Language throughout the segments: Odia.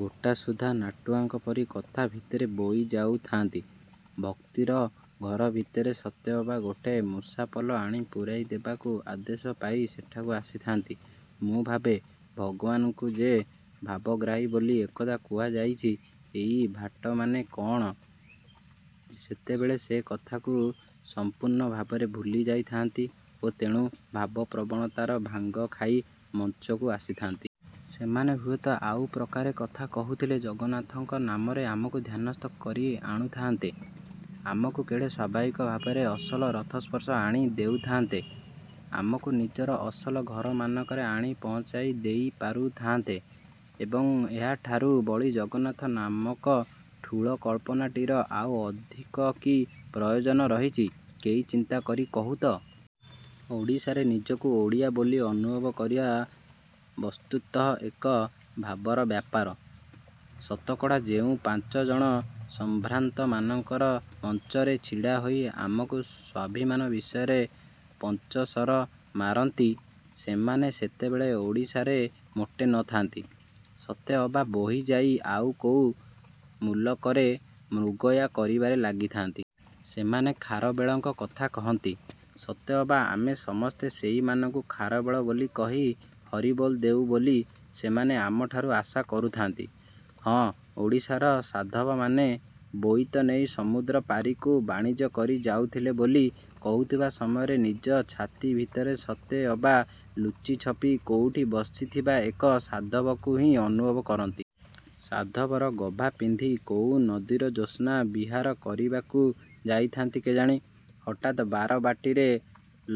ଗୋଟାସୁଦ୍ଧା ନାଟୁଆଙ୍କ ପରି କଥା ଭିତରେ ବୋହି ଯାଉଥାନ୍ତି। ଭକ୍ତିର ଘର ଭିତରେ ସତେ ଅବା ଗୋଟାଏ ମୂଷାପଲ ଆଣି ପୂରାଇ ଦେବାକୁ ଆଦେଶ ପାଇ ସେଠାକୁ ଆସିଥାନ୍ତି। ମୁଁ ଭାବେ, ଭଗବାନଙ୍କୁ ଯେ ଭାବଗ୍ରାହୀ ବୋଲି ଏକଦା କୁହାଯାଇଛି, ଏହି ଭାଟମାନେ କ'ଣ ସେତେବେଳେ ସେକଥାକୁ ସଂପୂର୍ଣ୍ଣ ଭାବରେ ଭୁଲି ଯାଇଥାନ୍ତି ଓ ତେଣୁ ଭାବପ୍ରବଣତାର ଭାଙ୍ଗ ଖାଇ ମଞ୍ଚକୁ ଆସିଥାନ୍ତି? ସେମାନେ ହୁଏତ ଆଉ ପ୍ରକାରେ କଥା କହୁଥିଲେ ଜଗନ୍ନାଥଙ୍କ ନାମରେ ଆମକୁ ଧ୍ୟାନସ୍ଥ କରି ଆଣୁଥାନ୍ତେ। ଆମକୁ କେଡ଼େ ସ୍ୱାଭାବିକ ଭାବରେ ଅସଲ ରଥସ୍ପର୍ଶ ଆଣି ଦେଉଥାନ୍ତେ। ଆମକୁ ନିଜର ଅସଲ ଘରମାନଙ୍କରେ ଆଣି ପହଞ୍ଚାଇ ଦେଇ ପାରୁଥାନ୍ତେ। ଏବଂ, ଏହାଠାରୁ ବଳି ଜଗନ୍ନାଥ ନାମକ ଠୁଳ କଳ୍ପନାଟିର ଆଉ ଅଧିକ କି ପ୍ରୟୋଜନ ରହିଛି, କେହି ଚିନ୍ତା କରି କହୁ ତ! ଓଡ଼ିଶାରେ ନିଜକୁ ଓଡ଼ିଆ ବୋଲି ଅନୁଭବ କରିବା ବସ୍ତୁତଃ ଏକ ଭାବର ବ୍ୟାପାର। ଶତକଡ଼ା ଯେଉଁ ପାଞ୍ଚଜଣ ସମ୍ଭ୍ରାନ୍ତମାନଙ୍କର ମଞ୍ଚରେ ଛିଡ଼ା ହୋଇ ଆମକୁ ସ୍ୱାଭିମାନ ବିଷୟରେ ପଞ୍ଚଶର ମାରନ୍ତି, ସେମାନେ ସେତେବେଳେ ଓଡ଼ିଶାରେ ମୋଟେ ନଥାନ୍ତି, ସତେ ଅବା ବୋହିଯାଇ ଆଉ କୋଉ ମୁଲକରେ ମୃଗୟା କରିବାରେ ଲାଗିଥାନ୍ତି। ସେମାନେ ଖାରବେଳଙ୍କ କଥା କହନ୍ତି- ସତେଅବା ଆମେ ସମସ୍ତେ ସେହିମାନଙ୍କୁ ଖାରବେଳ ବୋଲି କହି ହରିବୋଲ ଦେଉ ବୋଲି ସେମାନେ ଆମଠାରୁ ଆଶା କରୁଥାନ୍ତି। ହଁ, ଓଡ଼ିଶାର ସାଧବମାନେ ବୋଇତ ନେଇ ସମୁଦ୍ରପାରିକୁ ବାଣିଜ୍ୟ କରି ଯାଉଥିଲେ ବୋଲି କହୁଥିବା ସମୟରେ ନିଜ ଛାତି ଭିତରେ ସତେ ଅବା ଲୁଚି ଛପି କୋଉଠି ବସିଥିବା ଏକ ସାଧବକୁ ହିଁ ଅନୁଭବ କରନ୍ତି। ସାଧବର ଗଭା ପିନ୍ଧି କୋଉ ନଦୀରେ ଜ୍ୟୋତ୍ସ୍ନା ବିହାର କରିବାକୁ ଯାଇଥାନ୍ତି କେଜାଣି, ହଠାତ୍ ବାରବାଟୀରେ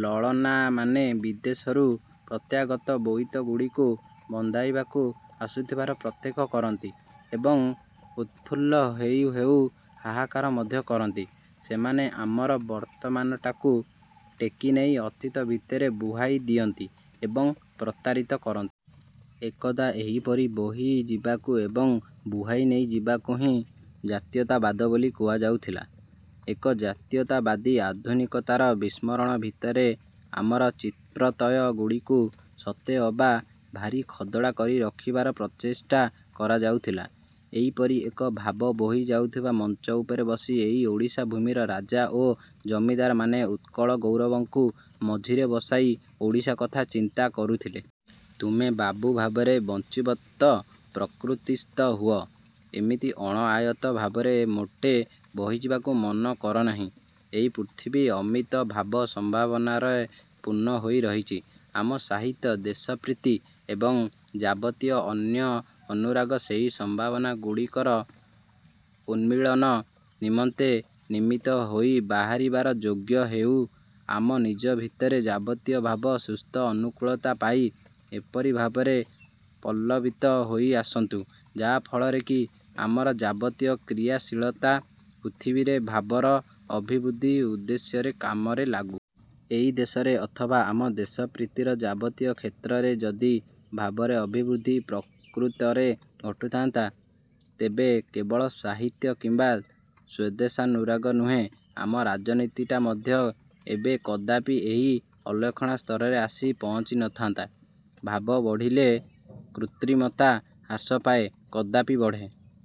ଲଳନାମାନେ ବିଦେଶରୁ ପ୍ରତ୍ୟାଗତ ବୋଇତଗୁଡ଼ିକୁ ବନ୍ଦାଇବାକୁ ଆସୁଥିବାର ପ୍ରତ୍ୟକ୍ଷ କରନ୍ତି ଏବଂ ଉତ୍ଫୁଲ୍ଲ ହେଉ ହେଉ ହାହାକାର ମଧ୍ୟ କରନ୍ତି। ସେମାନେ ଆମର ବର୍ତ୍ତମାନଟାକୁ ଟେକିନେଇ ଅତୀତ ଭିତରେ ବୁହାଇ ଦିଅନ୍ତି ଏବଂ ପ୍ରତାରିତ କରନ୍ତି। ଏକଦା ଏହିପରି ବୋହିଯିବାକୁ ଏବଂ ବୁହାଇ ନେଇଯିବାକୁ ହିଁ ଜାତୀୟତାବାଦ ବୋଲି କୁହାଯାଉଥିଲା। ଏକ ଜାତୀୟତାବାଦୀ ଆଧୁନିକତାର ବିସ୍ମରଣ ଭିତରେ ଆମର ଚିତ୍ପ୍ରତ୍ୟୟଗୁଡ଼ିକୁ ସତେ ଅବା ଭାରି ଖଦଡ଼ା କରି ରଖିବାର ପ୍ରଚେଷ୍ଟା କରାଯାଉଥିଲା। ଏହିପରି ଏକ ଭାବ ବୋହିଯାଉଥିବା ମଞ୍ଚ ଉପରେ ବସି ଏହି ଓଡ଼ିଶା ଭୂମିର ରାଜା ଓ ଜମିଦାରମାନେ ଉତ୍କଳଗୌରବଙ୍କୁ ମଝିରେ ବସାଇ ଓଡ଼ିଶା କଥା ଚିନ୍ତା କରୁଥିଲେ। ତୁମେ ବାବୁ ଭାବରେ ବଞ୍ଚିବ ତ ପ୍ରକୃତିସ୍ଥ ହୁଅ। ଏମିତି ଅଣଆୟତ୍ତ ଭାବରେ ମୋଟେ ବୋହିଯିବାକୁ ମନ କରନାହିଁ। ଏହି ପୃଥିବୀ ଅମିତ ଭାବ-ସମ୍ଭାବନାରେ ପୂର୍ଣ୍ଣ ହୋଇରହିଛି। ଆମ ସାହିତ୍ୟ, ଦେଶପ୍ରୀତି ଏବଂ ଯାବତୀୟ ଅନ୍ୟ ଅନୁରାଗ ସେହି ସମ୍ଭାବନାଗୁଡ଼ିକର ଉନ୍ମୀଳନ ନିମନ୍ତେ ନିମିତ୍ତ ହୋଇ ବାହାରିବାର ଯୋଗ୍ୟ ହେଉ ଆମ ନିଜ ଭିତରେ ଯାବତୀୟ ଭାବ ସୁସ୍ଥ ଅନୁକୂଳତା ପାଇ ଏପରି ଭାବରେ ପଲ୍ଲବିତ ହୋଇ ଆସନ୍ତୁ, ଯାହା ଫଳରେ କି ଆମର ଯାବତୀୟ କ୍ରିୟାଶୀଳତା ପୃଥିବୀରେ ଭାବର ଅଭିବୃଦ୍ଧି ଉଦ୍ଦେଶ୍ୟରେ କାମରେ ଲାଗୁ। ଏହି ଦେଶରେ ଅଥବା ଆମ ଦେଶପ୍ରୀତିର ଯାବତୀୟ କ୍ଷେତ୍ରରେ ଯଦି ଭାବରେ ଅଭିବୃଦ୍ଧି ପ୍ରକୃତରେ ଘଟୁଥାନ୍ତା, ତେବେ କେବଳ ସାହିତ୍ୟ କିମ୍ବା ସ୍ୱଦେଶାନୁରାଗ ନୁହେଁ, ଆମ ରାଜନୀତିଟା ମଧ୍ୟ ଏବେ କଦାପି ଏହି ଅଲକ୍ଷଣା ସ୍ତରରେ ଆସି ପହଞ୍ଚି ନଥାନ୍ତା। ଭାବ ବଢ଼ିଲେ କୃତ୍ରିମତା ହ୍ରାସ ପାଏ, କଦାପି ବଢ଼େ